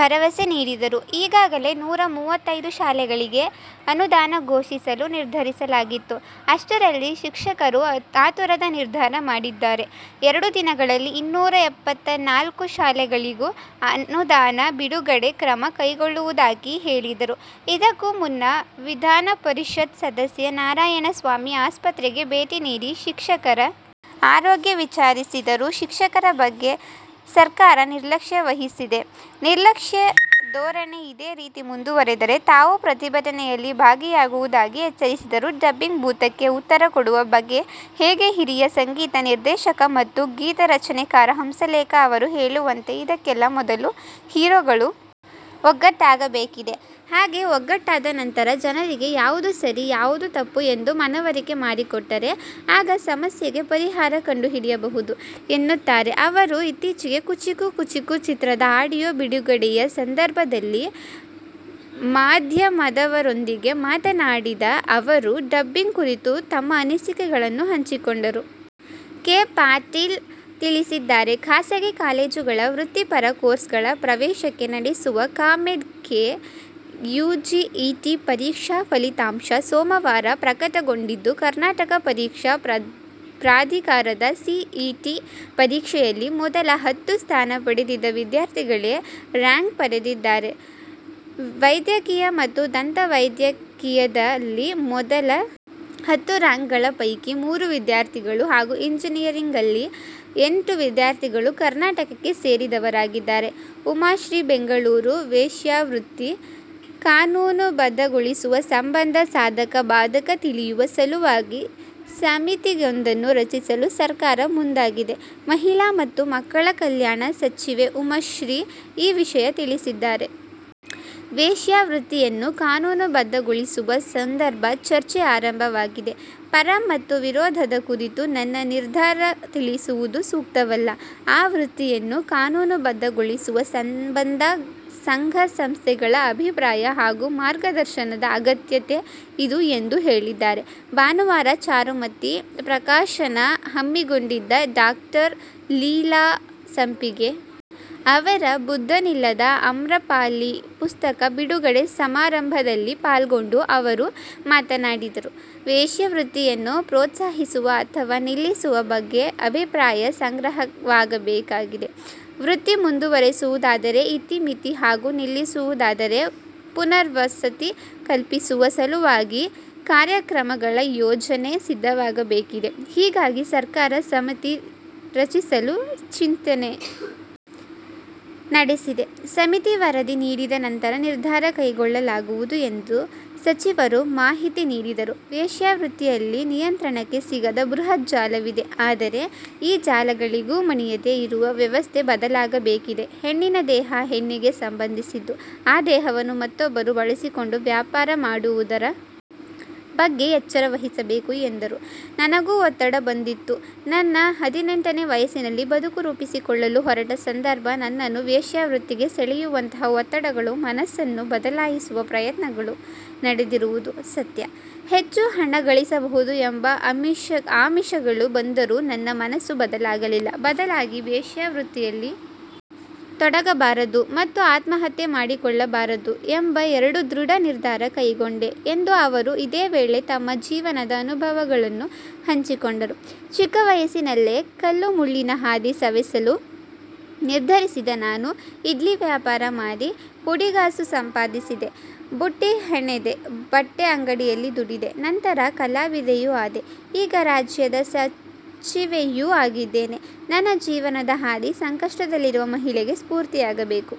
ಭರವಸೆ ನೀಡಿದರು ಈಗಾಗಲೇ ನೂರ ಮೂವತ್ತೈದು ಶಾಲೆಗಳಿಗೆ ಅನುದಾನ ಘೋಷಿಸಲು ನಿರ್ಧರಿಸಲಾಗಿತ್ತು ಅಷ್ಟರಲ್ಲಿ ಶಿಕ್ಷಕರು ಆತುರದ ನಿರ್ಧಾರ ಮಾಡಿದ್ದಾರೆ ಎರಡು ದಿನಗಳಲ್ಲಿ ಇನ್ನೂರ ಎಪ್ಪತ್ತನಾಲ್ಕು ಶಾಲೆಗಳಿಗೂ ಅನುದಾನ ಬಿಡುಗಡೆ ಕ್ರಮ ಕೈಗೊಳ್ಳುವುದಾಗಿ ಹೇಳಿದರು ಇದಕ್ಕೂ ಮುನ್ನ ವಿಧಾನಪರಿಷತ್ ಸದಸ್ಯ ನಾರಾಯಣಸ್ವಾಮಿ ಆಸ್ಪತ್ರೆಗೆ ಭೇಟಿ ನೀಡಿ ಶಿಕ್ಷಕರ ಆರೋಗ್ಯ ವಿಚಾರಿಸಿದರು ಶಿಕ್ಷಕರ ಬಗ್ಗೆ ಸರ್ಕಾರ ನಿರ್ಲಕ್ಷ್ಯ ವಹಿಸಿದೆ ನಿರ್ಲಕ್ಷ್ಯ ಧೋರಣೆ ಇದೇ ರೀತಿ ಮುಂದುವರೆದರೆ ತಾವೂ ಪ್ರತಿಭಟನೆಯಲ್ಲಿ ಭಾಗಿಯಾಗುವುದಾಗಿ ಎಚ್ಚರಿಸಿದರು ಡಬ್ಬಿಂಗ್ ಭೂತಕ್ಕೆ ಉತ್ತರ ಕೊಡುವ ಬಗೆ ಹೇಗೆ ಹಿರಿಯ ಸಂಗೀತ ನಿರ್ದೇಶಕ ಮತ್ತು ಗೀತರಚನೆಕಾರ ಹಂಸಲೇಖ ಅವರು ಹೇಳುವಂತೆ ಇದಕ್ಕೆಲ್ಲಾ ಮೊದಲು ಹೀರೋಗಳು ಒಗ್ಗಟ್ಟಾಗಬೇಕಿದೆ ಹಾಗೆ ಒಗ್ಗಟ್ಟಾದ ನಂತರ ಜನರಿಗೆ ಯಾವುದು ಸರಿ ಯಾವುದು ತಪ್ಪು ಎಂದು ಮನವರಿಕೆ ಮಾಡಿಕೊಟ್ಟರೆ ಆಗ ಸಮಸ್ಯೆಗೆ ಪರಿಹಾರ ಕಂಡುಹಿಡಿಯಬಹುದು ಎನ್ನುತ್ತಾರೆ ಅವರು ಇತ್ತೀಚೆಗೆ ಕುಚಿಕು ಕುಚಿಕು ಚಿತ್ರದ ಆಡಿಯೋ ಬಿಡುಗಡೆಯ ಸಂದರ್ಭದಲ್ಲಿ ಮಾಧ್ಯಮದವರೊಂದಿಗೆ ಮಾತನಾಡಿದ ಅವರು ಡಬ್ಬಿಂಗ್ ಕುರಿತು ತಮ್ಮ ಅನಿಸಿಕೆಗಳನ್ನು ಹಂಚಿಕೊಂಡರು ಕೆ ಪಾಟೀಲ್ ತಿಳಿಸಿದ್ದಾರೆ ಖಾಸಗಿ ಕಾಲೇಜುಗಳ ವೃತ್ತಿಪರ ಕೋರ್ಸ್‌ಗಳ ಪ್ರವೇಶಕ್ಕೆ ನಡೆಸುವ ಕಾಮೆಡ್ ಕೆ ಯುಜಿಇಟಿ ಪರೀಕ್ಷಾ ಫಲಿತಾಂಶ ಸೋಮವಾರ ಪ್ರಕಟಗೊಂಡಿದ್ದು ಕರ್ನಾಟಕ ಪರೀಕ್ಷಾ ಪ್ರಾಧಿಕಾರದ ಸಿಇಟಿ ಪರೀಕ್ಷೆಯಲ್ಲಿ ಮೊದಲ ಹತ್ತು ಸ್ಥಾನ ಪಡೆದಿದ್ದ ವಿದ್ಯಾರ್ಥಿಗಳೇ ರ್ಯಾಂಕ್ ಪಡೆದಿದ್ದಾರೆ ವೈದ್ಯಕೀಯ ಮತ್ತು ದಂತ ವೈದ್ಯಕೀಯದಲ್ಲಿ ಮೊದಲ ಹತ್ತು ರ್ಯಾಂಕ್‌ಗಳ ಪೈಕಿ ಮೂರು ವಿದ್ಯಾರ್ಥಿಗಳು ಹಾಗೂ ಎಂಜಿನಿಯರಿಂಗ್‌ನಲ್ಲಿ ಎಂಟು ವಿದ್ಯಾರ್ಥಿಗಳು ಕರ್ನಾಟಕಕ್ಕೆ ಸೇರಿದವರಾಗಿದ್ದಾರೆ ಉಮಾಶ್ರೀ ಬೆಂಗಳೂರು ವೇಶ್ಯಾವೃತ್ತಿ ಕಾನೂನುಬದ್ಧಗೊಳಿಸುವ ಸಂಬಂಧ ಸಾಧಕ ಬಾಧಕ ತಿಳಿಯುವ ಸಲುವಾಗಿ ಸಮಿತಿಯೊಂದನ್ನು ರಚಿಸಲು ಸರ್ಕಾರ ಮುಂದಾಗಿದೆ ಮಹಿಳಾ ಮತ್ತು ಮಕ್ಕಳ ಕಲ್ಯಾಣ ಸಚಿವೆ ಉಮಾಶ್ರೀ ಈ ವಿಷಯ ತಿಳಿಸಿದ್ದಾರೆ ವೇಶ್ಯಾವೃತ್ತಿಯನ್ನು ಕಾನೂನುಬದ್ಧಗೊಳಿಸುವ ಸಂಬಂಧ ಚರ್ಚೆ ಆರಂಭವಾಗಿದೆ ಪರ ಮತ್ತು ವಿರೋಧದ ಕುರಿತು ನನ್ನ ನಿರ್ಧಾರ ತಿಳಿಸುವುದು ಸೂಕ್ತವಲ್ಲ ಆ ವೃತ್ತಿಯನ್ನು ಕಾನೂನುಬದ್ಧಗೊಳಿಸುವ ಸಂಬಂಧ ಸಂಘ ಸಂಸ್ಥೆಗಳ ಅಭಿಪ್ರಾಯ ಹಾಗೂ ಮಾರ್ಗದರ್ಶನದ ಅಗತ್ಯತೆ ಇದೆ ಎಂದು ಹೇಳಿದ್ದಾರೆ ಭಾನುವಾರ ಚಾರುಮತಿ ಪ್ರಕಾಶನ ಹಮ್ಮಿಕೊಂಡಿದ್ದ ಡಾ ಲೀಲಾ ಸಂಪಿಗೆ ಅವರ ಬುದ್ಧನಿಲ್ಲದ ಅಮ್ರಪಾಲಿ ಪುಸ್ತಕ ಬಿಡುಗಡೆ ಸಮಾರಂಭದಲ್ಲಿ ಪಾಲ್ಗೊಂಡು ಅವರು ಮಾತನಾಡಿದರು ವೇಶ್ಯಾವೃತ್ತಿಯನ್ನು ಪ್ರೋತ್ಸಾಹಿಸುವ ಅಥವಾ ನಿಲ್ಲಿಸುವ ಬಗ್ಗೆ ಅಭಿಪ್ರಾಯ ಸಂಗ್ರಹವಾಗಬೇಕಿದೆ ವೃತ್ತಿ ಮುಂದುವರೆಸುವುದಾದರೆ ಇತಿ ಮಿತಿ ಹಾಗೂ ನಿಲ್ಲಿಸುವುದಾದರೆ ಪುನರ್ವಸತಿ ಕಲ್ಪಿಸುವ ಸಲುವಾಗಿ ಕಾರ್ಯಕ್ರಮಗಳ ಯೋಜನೆ ಸಿದ್ಧವಾಗಬೇಕಿದೆ ಹೀಗಾಗಿ ಸರ್ಕಾರ ಸಮಿತಿ ರಚಿಸಲು ಚಿಂತನೆ ನಡೆಸಿದೆ ಸಮಿತಿ ವರದಿ ನೀಡಿದ ನಂತರ ನಿರ್ಧಾರ ಕೈಗೊಳ್ಳಲಾಗುವುದು ಎಂದು ಸಚಿವರು ಮಾಹಿತಿ ನೀಡಿದರು ವೇಶ್ಯಾವೃತ್ತಿಯಲ್ಲಿ ನಿಯಂತ್ರಣಕ್ಕೆ ಸಿಗದ ಬೃಹತ್ ಜಾಲವಿದೆ ಆದರೆ ಈ ಜಾಲಗಳಿಗೂ ಮಣಿಯದೆ ಇರುವ ವ್ಯವಸ್ಥೆ ಬದಲಾಗಬೇಕಿದೆ ಹೆಣ್ಣಿನ ದೇಹ ಹೆಣ್ಣಿಗೆ ಸಂಬಂಧಿಸಿದ್ದು ಆ ದೇಹವನ್ನು ಮತ್ತೊಬ್ಬರು ಬಳಸಿಕೊಂಡು ವ್ಯಾಪಾರ ಮಾಡುವುದರ ಬಗ್ಗೆ ಎಚ್ಚರವಹಿಸಬೇಕು ಎಂದರು ನನಗೂ ಒತ್ತಡ ಬಂದಿತ್ತು ನನ್ನ ಹದಿನೆಂಟನೇ ವಯಸ್ಸಿನಲ್ಲಿ ಬದುಕು ರೂಪಿಸಿಕೊಳ್ಳಲು ಹೊರಟ ಸಂದರ್ಭ ನನ್ನನ್ನು ವೇಶ್ಯಾವೃತ್ತಿಗೆ ಸೆಳೆಯುವಂತಹ ಒತ್ತಡಗಳು ಮನಸ್ಸನ್ನು ಬದಲಾಯಿಸುವ ಪ್ರಯತ್ನಗಳು ನಡೆದಿರುವುದು ಸತ್ಯ ಹೆಚ್ಚು ಹಣ ಗಳಿಸಬಹುದು ಎಂಬ ಆಮಿಷಗಳು ಬಂದರೂ ನನ್ನ ಮನಸ್ಸು ಬದಲಾಗಲಿಲ್ಲ ಬದಲಾಗಿ ವೇಶ್ಯಾವೃತ್ತಿಯಲ್ಲಿ ತೊಡಗಬಾರದು ಮತ್ತು ಆತ್ಮಹತ್ಯೆ ಮಾಡಿಕೊಳ್ಳಬಾರದು ಎಂಬ ಎರಡು ದೃಢ ನಿರ್ಧಾರ ಕೈಗೊಂಡೆ ಎಂದು ಅವರು ಇದೇ ವೇಳೆ ತಮ್ಮ ಜೀವನದ ಅನುಭವಗಳನ್ನು ಹಂಚಿಕೊಂಡರು ಚಿಕ್ಕವಯಸ್ಸಿನಲ್ಲೇ ಕಲ್ಲು ಮುಳ್ಳಿನ ಹಾದಿ ಸವೆಸಲು ನಿರ್ಧರಿಸಿದ ನಾನು ಇಡ್ಲಿ ವ್ಯಾಪಾರ ಮಾಡಿ ಪುಡಿಗಾಸು ಸಂಪಾದಿಸಿದೆ ಬುಟ್ಟಿ ಹೆಣೆದೆ ಬಟ್ಟೆ ಅಂಗಡಿಯಲ್ಲಿ ದುಡಿದೆ ನಂತರ ಕಲಾವಿದೆಯೂ ಆದೆ ಈಗ ರಾಜ್ಯದ ಸಚಿವೆಯೂ ಆಗಿದ್ದೇನೆ ನನ್ನ ಜೀವನದ ಹಾದಿ ಸಂಕಷ್ಟದಲ್ಲಿರುವ ಮಹಿಳೆಗೆ ಸ್ಫೂರ್ತಿಯಾಗಬೇಕು.